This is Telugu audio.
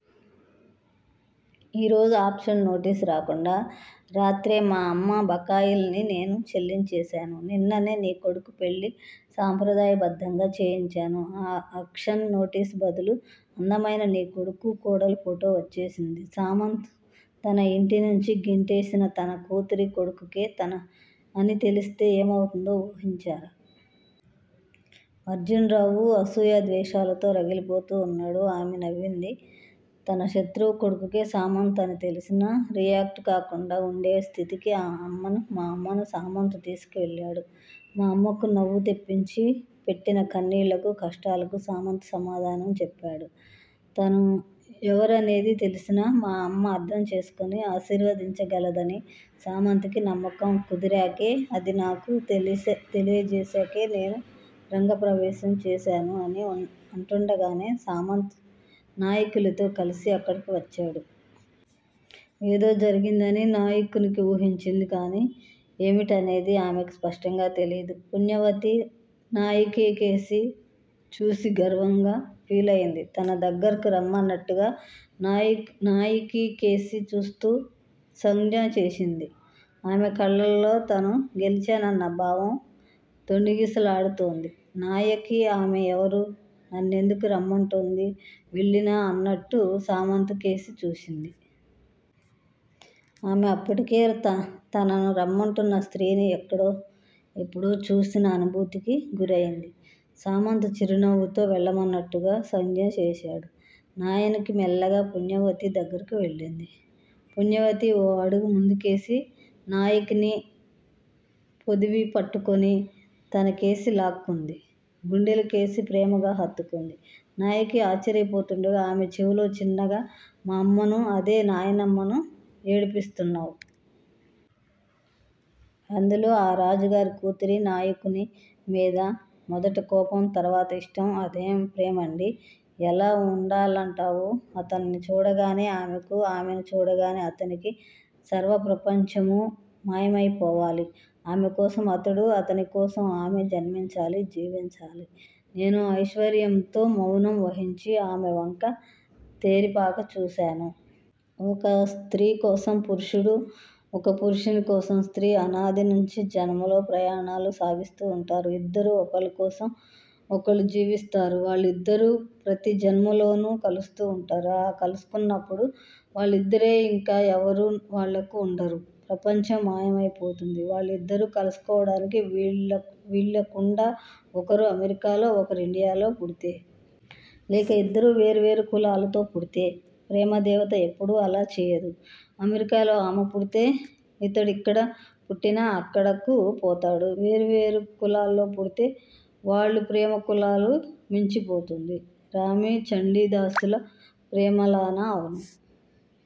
ఈరోజు ఆక్షన్ నోటీసు రాకుండా రాత్రే మా అమ్మ బకాయిల్ని నేను చెల్లించేసాను. నిన్ననే నీ కొడుకు పెళ్ళి సాంప్రదాయబద్ధంగా చేయించాను. ఆక్షన్ నోటీసు బదులు అందమైన నీకొడుకు, కోడలు ఫోటో వచ్చేసింది. సామంత్ తన ఇంటినుంచి గెంటి వేసిన తన కూతురి కొడుకే అని తెలిస్తే ఏమవుతుందో ఊహించావా? అర్జునరావు అసూయా ద్వేషాలతో రగిలిపోతూ అన్నాడు. ఆమె నవ్వింది. తన శత్రువు కొడుకే సామంత్ అని తెలిసినా రియాక్ట్ కాకుండా వుండే స్థితికి మా అమ్మను సామంత్ తీసుకువెళ్ళాడు. మా అమ్మకు నువ్వు తెప్పించి పెట్టిన కన్నీళ్ళకు, కష్టాలకు సామంత్ సమాధానం చెప్పాడు. తను ఎవరనేది తెలిసినా మా అమ్మ అర్థం చేసుకుని ఆశీర్వదించగలదని సామంత్ కి నమ్మకం కుదిరాకే- అది నాకు తెలియజేసాకే నేను రంగప్రవేశం చేసాను అని అంటుండగానే సామంత్ నాయకితో కలిసి అక్కడికి వచ్చాడు. ఏదో జరగిందని నాయకి ఊహించింది. కాని, ఏమిటనేది ఆమెకీ స్పష్టంగా తెలీలేదు. పుణ్యవతి నాయకికేసి చూసి గర్వంగా ఫీలయింది. తన దగ్గరకు రమ్మన్నట్లుగా నాయకికేసి చూస్తూ సంజ్ఞ చేసింది. ఆమె కళ్ళలో తను గెలిచానన్న భావం తొణికిసలాడుతోంది. నాయకి- ఆమె ఎవరు? నన్నెందుకు రమ్మంటోంది? వెళ్ళనా అన్నట్లు సామంత్ కేసి చూసింది. ఆమె అప్పటికే తనను రమ్మంటోన్న స్త్రీని ఎప్పుడో ఎక్కడో చూసిన అనుభూతికి గురయింది. సామంత్ చిరునవ్వుతో వెళ్ళమన్నట్లుగా సంజ్ఞ చేసాడు. నాయకి మెల్లగా పుణ్యవతి దగ్గరకు వెళ్ళింది. పుణ్యవతి ఓ అడుగు ముందుకేసి నాయకిని పొదివి పట్టుకొని తనకేసి లాక్కుని, గుండెలకేసి ప్రేమగా హత్తుకుంది. నాయకి ఆశ్చర్యపోతుండగా ఆమె చెవిలో చిన్నగా మా అమ్మను అదే నాయనమ్మను ఎడిపిస్తున్నావు? అందులో ఆ రాజుగారి కూతురుకి నాయకుని మీద మొదట కోపం, తర్వాత ఇష్టం! అదేం ప్రేమండీ? '' ''ఎలా ఉండాలంటావు? '' ''అతన్ని చూడగానే ఆమెకు, ఆమెను చూడగానే అతనికి సర్వ ప్రపంచమూ మాయమైపోవాలి. ఆమెకోసం అతడూ, అతనికోసం ఆమె జన్మించాలి, జీవించాలి. '' నేను ఐశ్వర్యంతో మౌనం వహించి ఆమెవంక తేరిపార చూచాను. ''ఒక స్త్రీ కోసం పురుషుడూ, ఒక పురుషుని కోసం స్త్రీ అనాది నుంచీ జన్మల్లో ప్రయాణాలు సాగిస్తూ వుంటారు. ఇద్దరూ ఒకళ్ళకోసం ఒకళ్ళు జీవిస్తారు. వాళ్ళిద్దరూ ప్రతిజన్మలోనూ కలుస్తూ ఉంటారు. ఆ కలుసుకున్నప్పుడు వాళ్లిద్దరే. ఇంక ఎవ్వరూ వాళ్లకు వుండరు. ప్రపంచం మాయమైపోతుంది. ''వాళ్ళిద్దరూ కలుసుకోవడానికి వీల్లేకుండా ఒకరు అమెరికాలో, ఒకరు ఇండియాలో పుడితే? లేక ఇద్దరూ వేరు వేరు కులాలలో పుడితే? '' ''ప్రేమదేవత ఎప్పుడూ అలా చెయ్యదు. అమెరికాలో ఆమె పుట్టితే ఇతడు ఎక్కడ పుట్టినా అక్కడక్కు పోతాడు. వేరు వేరు కులాల్లో పుట్టితే, వాళ్ళ ప్రేమ కులాలను మించిపోతుంది! '' ''రామీ, చండీదాసుల ప్రేమలానా? '' ''అవును.